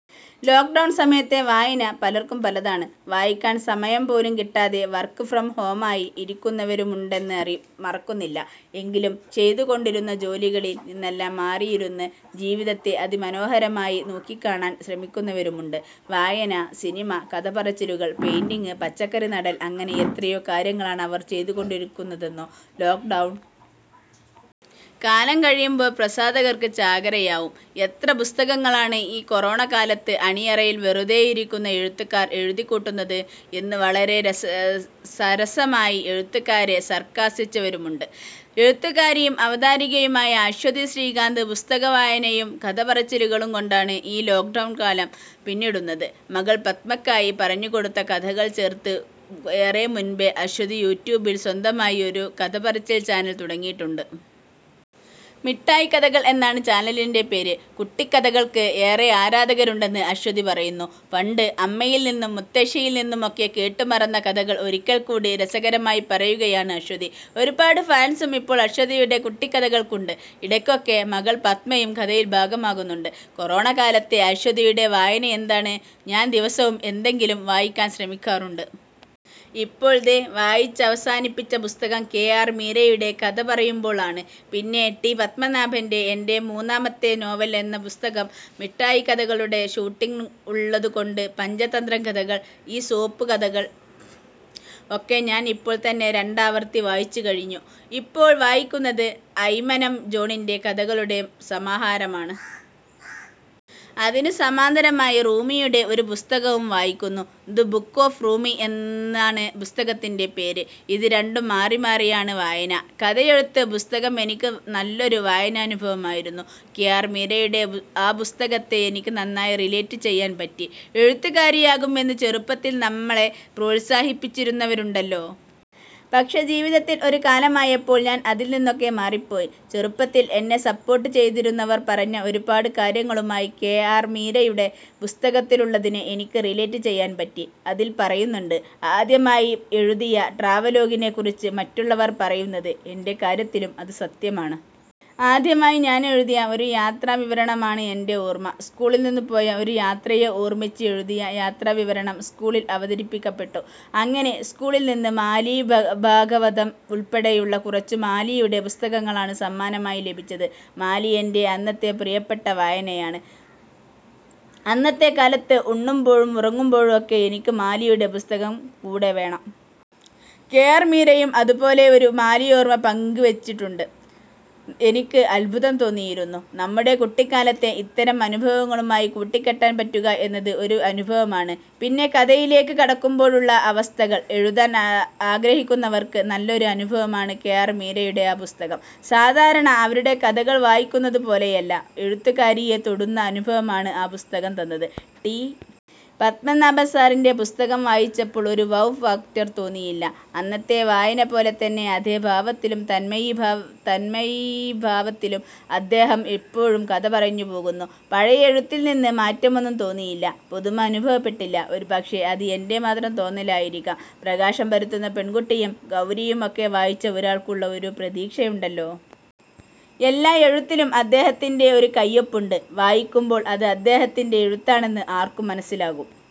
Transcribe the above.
Lockdown കാലത്തെ വായന പലർക്കും പലതാണ്. വായിക്കാൻ സമയം പോലും കിട്ടാതെ വർക്ക് ഫ്രം ഹോം ആയി ഇരിക്കുന്നവരുമുണ്ടെന്നത് മറക്കുന്നില്ല. എങ്കിലും ചെയ്തുകൊണ്ടിരുന്ന ജോലികളിൽ നിന്നെല്ലാം മാറിയിരുന്ന് ജീവിതത്തെ അതിമനോഹരമായി നോക്കിക്കാണാൻ ശ്രമിക്കുന്നവരുമുണ്ട്. വായന, സിനിമ, കഥപറച്ചിലുകൾ, പെയിന്റിങ്, പച്ചക്കറി നടൽ അങ്ങനെ എത്രയോ കാര്യങ്ങളാണ് അവർ ചെയ്തുകൊണ്ടിരിക്കുന്നതെന്നോ. ലോക്ഡൗൺ കാലം കഴിയുമ്പോൾ പ്രസാധകർക്ക് ചാകരയാവും. എത്ര പുസ്തകങ്ങളാണ് ഈ കൊറോണക്കാലത്ത് അണിയറയിൽ വെറുതെയിരിക്കുന്ന എഴുത്തുകാർ എഴുതിക്കൂട്ടുന്നത് എന്ന് വളരെ സരസമായി എഴുത്തുകാരെ സർക്കാസിച്ചവരുമുണ്ട്. എഴുത്തുകാരിയും അവതാരകയുമായ അശ്വതി ശ്രീകാന്ത് പുസ്തകവായനയും കഥപറച്ചിലുകളും കൊണ്ടാണ് ഈ ലോക്ഡൗൺ കാലം പിന്നിടുന്നത്. മകൾ പദ്മയ്ക്കായി പറഞ്ഞുകൊടുത്ത കഥകൾ ചേർത്ത് ഏറെ മുൻപേ അശ്വതി യൂട്യൂബിൽ സ്വന്തമായി ഒരു കഥപറച്ചിൽ ചാനൽ തുടങ്ങിയിട്ടുണ്ട്. മിട്ടായിക്കഥകൾ എന്നാണ് ചാനലിൻ്റെ പേര്. കുട്ടിക്കഥകൾക്ക് ഏറെ ആരാധകരുണ്ടെന്ന് അശ്വതി പറയുന്നു. പണ്ട് അമ്മയിൽനിന്നും മുത്തശ്ശിയിൽനിന്നുമൊക്കെ കേട്ടുമറന്ന കഥകൾ ഒരിക്കൽ കൂടി രസകരമായി പറയുകയാണ് അശ്വതി. ഒരുപാട് ഫാൻസും ഇപ്പോൾ അശ്വതിയുടെ കുട്ടിക്കഥകൾക്കുണ്ട്. ഇടയ്ക്കൊക്കെ മകൾ പദ്മയും കഥയിൽ ഭാഗമാകുന്നു. കൊറോണക്കാലത്തെ അശ്വതിയുടെ വായന എന്താണ്? ഞാൻ ദിവസവും എന്തെങ്കിലും വായിക്കാൻ ശ്രമിക്കാറുണ്ട്. ഇപ്പോൾ ദേ വായിച്ചവസാനിപ്പിച്ച പുസ്തകം കെ ആർ മീരയുടെ കഥ എഴുതുമ്പോൾ ആണ്. പിന്നെ ടി പത്മനാഭൻ്റെ എൻ്റെ മൂന്നാമത്തെ നോവൽ എന്ന പുസ്തകം. മിട്ടായിക്കഥകളുടെ ഷൂട്ടിങ് ഉള്ളതുകൊണ്ട് പഞ്ചതന്ത്രം കഥകൾ, ഈസോപ്പ് കഥകൾ ഒക്കെ ഞാൻ ഇപ്പോൾ തന്നെ രണ്ടാവർത്തി വായിച്ചുകഴിഞ്ഞു. ഇപ്പോൾ വായിക്കുന്നത് അയ്മനം ജോണിൻ്റെ കഥകളുടെ സമാഹാരമാണ്. അതിനു സമാന്തരമായി റൂമിയുടെ ഒരു പുസ്തകവും വായിക്കുന്നു. ദ് ബുക്ക് ഓഫ് റൂമി എന്നാണ് പുസ്തകത്തിൻ്റെ പേര്. ഇത് രണ്ടും മാറിമാറിയാണ് വായന. കഥയെഴുത്ത് പുസ്തകം എനിക്ക് നല്ലൊരു വായനാനുഭവമായിരുന്നു. കെ ആർ മീരയുടെ ആ പുസ്തകത്തെ എനിക്ക് നന്നായി റിലേറ്റ് ചെയ്യാൻ പറ്റി. എഴുത്തുകാരിയാകും എന്ന് ചെറുപ്പത്തിൽ നമ്മളെ പ്രോത്സാഹിപ്പിച്ചിരുന്നവരുണ്ടല്ലോ. പക്ഷേ ജീവിതത്തിൽ ഒരു കാലമായപ്പോൾ ഞാൻ അതിൽ നിന്നൊക്കെ മാറിപ്പോയി. ചെറുപ്പത്തിൽ എന്നെ സപ്പോർട്ട് ചെയ്തിരുന്നവർ പറഞ്ഞ ഒരുപാട് കാര്യങ്ങളുമായി കെ ആർ മീരയുടെ പുസ്തകത്തിലുള്ളതിനെ എനിക്ക് റിലേറ്റ് ചെയ്യാൻ പറ്റി. അതിൽ പറയുന്നുണ്ട്, ആദ്യമായി എഴുതിയ ട്രാവലോഗിനെക്കുറിച്ച് മറ്റുള്ളവർ പറയുന്നത്. എൻ്റെ കാര്യത്തിലും അതു സത്യമാണ്. ആദ്യമായി ഞാനെഴുതിയ ഒരു യാത്രാവിവരണമാണ് എൻ്റെ ഓർമ. സ്കൂളിൽനിന്നു പോയ ഒരു യാത്രയെ ഓർമിച്ച് എഴുതിയ യാത്രാവിവരണം സ്കൂളിൽ അവതരിപ്പിക്കപ്പെട്ടു. അങ്ങനെ സ്കൂളിൽനിന്ന് മാലി ഭാഗവതം ഉൾപ്പെടെയുള്ള കുറച്ചു മാലിയുടെ പുസ്തകങ്ങളാണ് സമ്മാനമായി ലഭിച്ചത്. മാലി എൻ്റെ അന്നത്തെ പ്രിയപ്പെട്ട വായനയാണ്. അന്നത്തെ കാലത്ത് ഉണ്ണുമ്പോഴും ഉറങ്ങുമ്പോഴും ഒക്കെ എനിക്ക് മാലിയുടെ പുസ്തകം കൂടെ വേണം. കെ ആർ മീരയും അതുപോലെ ഒരു മാലിയോർമ പങ്കുവച്ചിട്ടുണ്ട്. എനിക്ക് അത്ഭുതം തോന്നിയിരുന്നു. നമ്മുടെ കുട്ടിക്കാലത്തെ ഇത്തരം അനുഭവങ്ങളുമായി കൂട്ടിക്കെട്ടാൻ പറ്റുക എന്നത് ഒരു അനുഭവമാണ്. പിന്നെ കഥയിലേക്ക് കടക്കുമ്പോഴുള്ള അവസ്ഥകൾ. എഴുതാൻ ആഗ്രഹിക്കുന്നവർക്ക് നല്ലൊരു അനുഭവമാണ് കെ ആർ മീരയുടെ ആ പുസ്തകം. സാധാരണ അവരുടെ കഥകൾ വായിക്കുന്നത് പോലെയല്ല, എഴുത്തുകാരിയെ തൊടുന്ന അനുഭവമാണ് ആ പുസ്തകം തന്നത്.ടി പത്മനാഭൻ സാറിൻ്റെ പുസ്തകം വായിച്ചപ്പോൾ ഒരു വൗ ഫാക്ടർ തോന്നിയില്ല. അന്നത്തെ വായന പോലെ തന്നെ അതേഭാവത്തിലും തന്മയീഭാവത്തിലും അദ്ദേഹം ഇപ്പോഴും കഥ പറഞ്ഞുപോകുന്നു. പഴയ എഴുത്തിൽനിന്ന് മാറ്റമൊന്നും തോന്നിയില്ല. പുതുമ അനുഭവപ്പെട്ടില്ല. ഒരുപക്ഷേ അത് എൻ്റെ മാത്രം തോന്നലായിരിക്കാം. പ്രകാശം പരത്തുന്ന പെൺകുട്ടിയും ഗൗരിയും ഒക്കെ വായിച്ച ഒരാൾക്ക് ഉള്ള ഒരു പ്രതീക്ഷയുണ്ടല്ലോ. എല്ലാ എഴുത്തിലും അദ്ദേഹത്തിൻ്റെ ഒരു കയ്യൊപ്പുണ്ട്. വായിക്കുമ്പോൾ അത് അദ്ദേഹത്തിൻ്റെ എഴുത്താണെന്ന് ആർക്കും മനസ്സിലാകും.